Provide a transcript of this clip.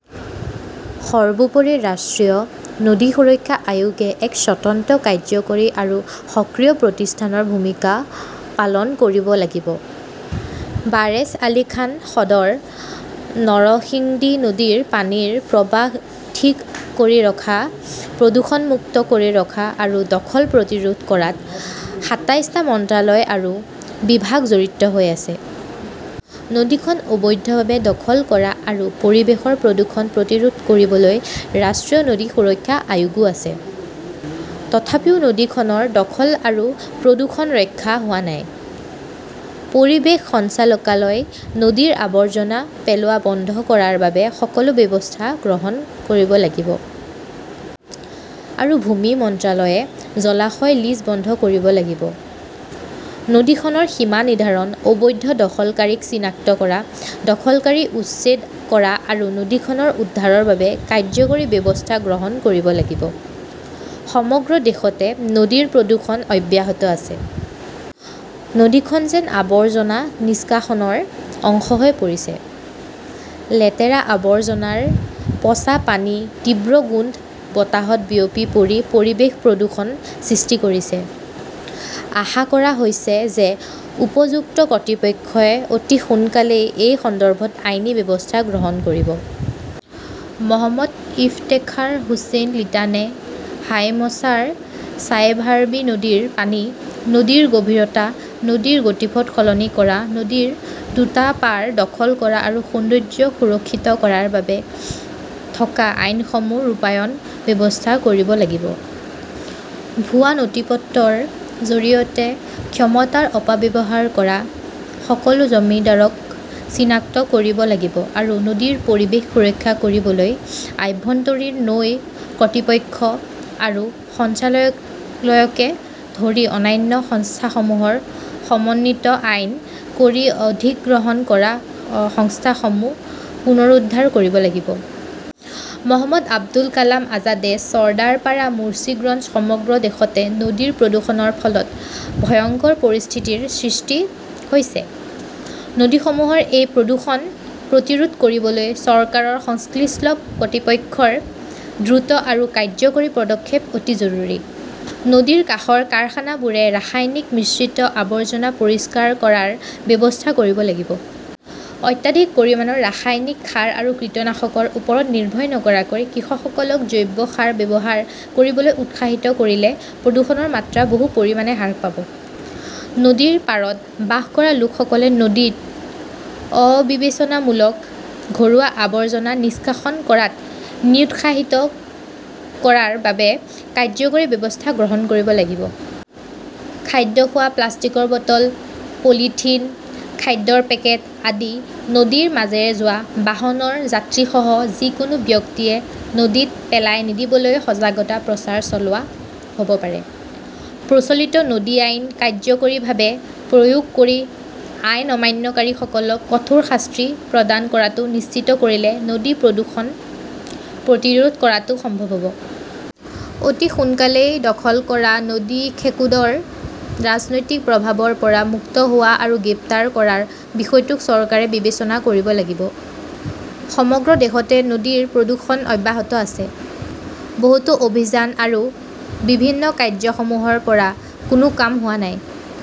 সৰ্বোপৰি, ৰাষ্ট্ৰীয় নদী সুৰক্ষা আয়োগে এক স্বতন্ত্ৰ, কাৰ্যকৰী আৰু সক্ৰিয় প্ৰতিষ্ঠানৰ ভূমিকা পালন কৰিব লাগিব। ৱাৰেছ আলী খান সদৰ, নৰসিংডী নদীত পানীৰ প্ৰৱাহ ঠিক কৰি ৰখা, প্ৰদূষণমুক্ত কৰি ৰখা আৰু দখল প্ৰতিৰোধ কৰাত সাতাইছটা মন্ত্ৰালয় আৰু বিভাগ জড়িত হৈ আছে। নদীখন অবৈধভাৱে দখল কৰা আৰু পৰিৱেশৰ প্ৰদূষণ প্ৰতিৰোধ কৰিবলৈ ৰাষ্ট্ৰীয় নদী সুৰক্ষা আয়োগও আছে। তথাপিও নদীখনৰ দখল আৰু প্ৰদূষণ ৰক্ষা হোৱা নাই। পৰিৱেশ সঞ্চালকালয়ই নদীত আৱৰ্জনা পেলোৱা বন্ধ কৰাৰ বাবে সকলো ব্যৱস্থা গ্ৰহণ কৰিব লাগিব। আৰু ভূমি মন্ত্ৰালয়ে জলাশয়ৰ লিজ বন্ধ কৰিব লাগিব। নদীখনৰ সীমা নিৰ্ধাৰণ, অবৈধ দখলকাৰীক চিনাক্ত কৰা, দখলকাৰীক উচ্ছেদ কৰা আৰু নদীখন উদ্ধাৰৰ বাবে কাৰ্যকৰী ব্যৱস্থা গ্ৰহণ কৰিব লাগিব। সমগ্ৰ দেশতে নদীৰ প্ৰদূষণ অব্যাহত আছে। নদীখন যেন আবৰ্জনা নিষ্কাশনৰ অংশ হৈ পৰিছে। লেতেৰা আৱৰ্জনাৰ পচা পানীৰ তীব্ৰ গোন্ধ বতাহত বিয়পি পৰি পৰিৱেশ প্ৰদূষণৰ সৃষ্টি কৰিছে। আশা কৰা হৈছে যে উপযুক্ত কৰ্তৃপক্ষই অতি সোনকালেই এই সন্দৰ্ভত আইনী ব্যৱস্থা গ্ৰহণ কৰিব। মহম্মদ ইফতেখাৰ হোছাইন লিটানে হাইমচাৰ, চাৰভাইৰবী নদীৰ পানী, নদীৰ গভীৰতা, নদীৰ গতিপথ সলনি কৰা, নদীৰ দুটা পাৰ দখল কৰা আৰু সৌন্দৰ্য সুৰক্ষিত কৰাৰ বাবে থকা আইনসমূহ ৰূপায়ণৰ ব্যৱস্থা কৰিব লাগিব। ভুৱা নথিপত্ৰৰ জৰিয়তে ক্ষমতাৰ অপব্যৱহাৰ কৰা সকলো জমিদাৰক চিনাক্ত কৰিব লাগিব আৰু নদীৰ পৰিৱেশ সুৰক্ষিত কৰিবলৈ আভ্যন্তৰীণ নৌ কৰ্তৃপক্ষ আৰু সঞ্চালকালয়কে ধৰি অন্যান্য সংস্থাসমূহৰ সমন্বিত আইন প্ৰয়োগ কৰি অধিগ্ৰহণ কৰা স্থানসমূহ পুনৰুদ্ধাৰ কৰিব লাগিব। মহম্মদ আবুল কালাম আজাদ চৰ্দাৰপাৰা, মুঞ্চিগঞ্জ সমগ্ৰ দেশতে নদীৰ প্ৰদূষণৰ ফলত ভয়ংকৰ পৰিস্থিতিৰ সৃষ্টি হৈছে। নদীখনৰ এই প্ৰদূষণ প্ৰতিৰোধ কৰিবলৈ চৰকাৰৰ সংশ্লিষ্ট কৰ্তৃপক্ষৰ দ্ৰুত আৰু কাৰ্যকৰী পদক্ষেপ অতি জৰুৰী। নদীৰ কাষৰ কাৰখানাবোৰে ৰাসায়নিক মিশ্ৰিত আৱৰ্জনা পৰিষ্কাৰ কৰাৰ ব্যৱস্থা কৰিব লাগিব। অত্যধিক পৰিমাণৰ ৰাসায়নিক সাৰ আৰু কীটনাশকৰ ওপৰত নিৰ্ভৰ নকৰাকৈ কৃষকসকলক জৈৱ সাৰ ব্যৱহাৰ কৰিবলৈ উৎসাহিত কৰিলে প্ৰদূষণৰ মাত্ৰা বহু পৰিমাণে হ্ৰাস পাব। নদীৰ পাৰত বাস কৰা লোকসকলে নদীত অবিবেচনামূলক ঘৰুৱা আৱৰ্জনা নিষ্কাশন কৰাত নিৰুৎসাহিত কৰাৰ বাবে কাৰ্যকৰী ব্যৱস্থা গ্ৰহণ কৰিব লাগিব। খাদ্য খোৱা, প্লাষ্টিকৰ বটল, পলিথিন, খাদ্যৰ পেকেট আদি নদীৰ মাজেৰে যোৱা বাহনৰ যাত্ৰীসহ যিকোনো ব্যক্তিয়ে নদীত পেলাই নিদিবলৈ সজাগতা প্ৰচাৰ চলোৱা হ'ব পাৰে। প্ৰচলিত পানী আইন কাৰ্যকৰীভাৱে প্ৰয়োগ কৰি আইন অমান্যকাৰীসকলক কঠোৰ শাস্তি প্ৰদান কৰাটো নিশ্চিত কৰিলে নদী প্ৰদূষণ প্ৰতিৰোধ কৰাটো সম্ভৱ হ 'ব। অতি সোনকালেই, দখল কৰা নদীখেকোডৰ ৰাজনৈতিক প্ৰভাৱৰ পৰা মুক্ত হোৱা আৰু গ্ৰেপ্তাৰ কৰাৰ বিষয়টো চৰকাৰে বিবেচনা কৰিব লাগিব। সমগ্ৰ দেশতে নদীৰ প্ৰদূষণ অব্যাহত আছে। বহুতো অভিযান আৰু বিভিন্ন কাৰ্যসূচীৰ পৰাও কোনো কাম হোৱা নাই।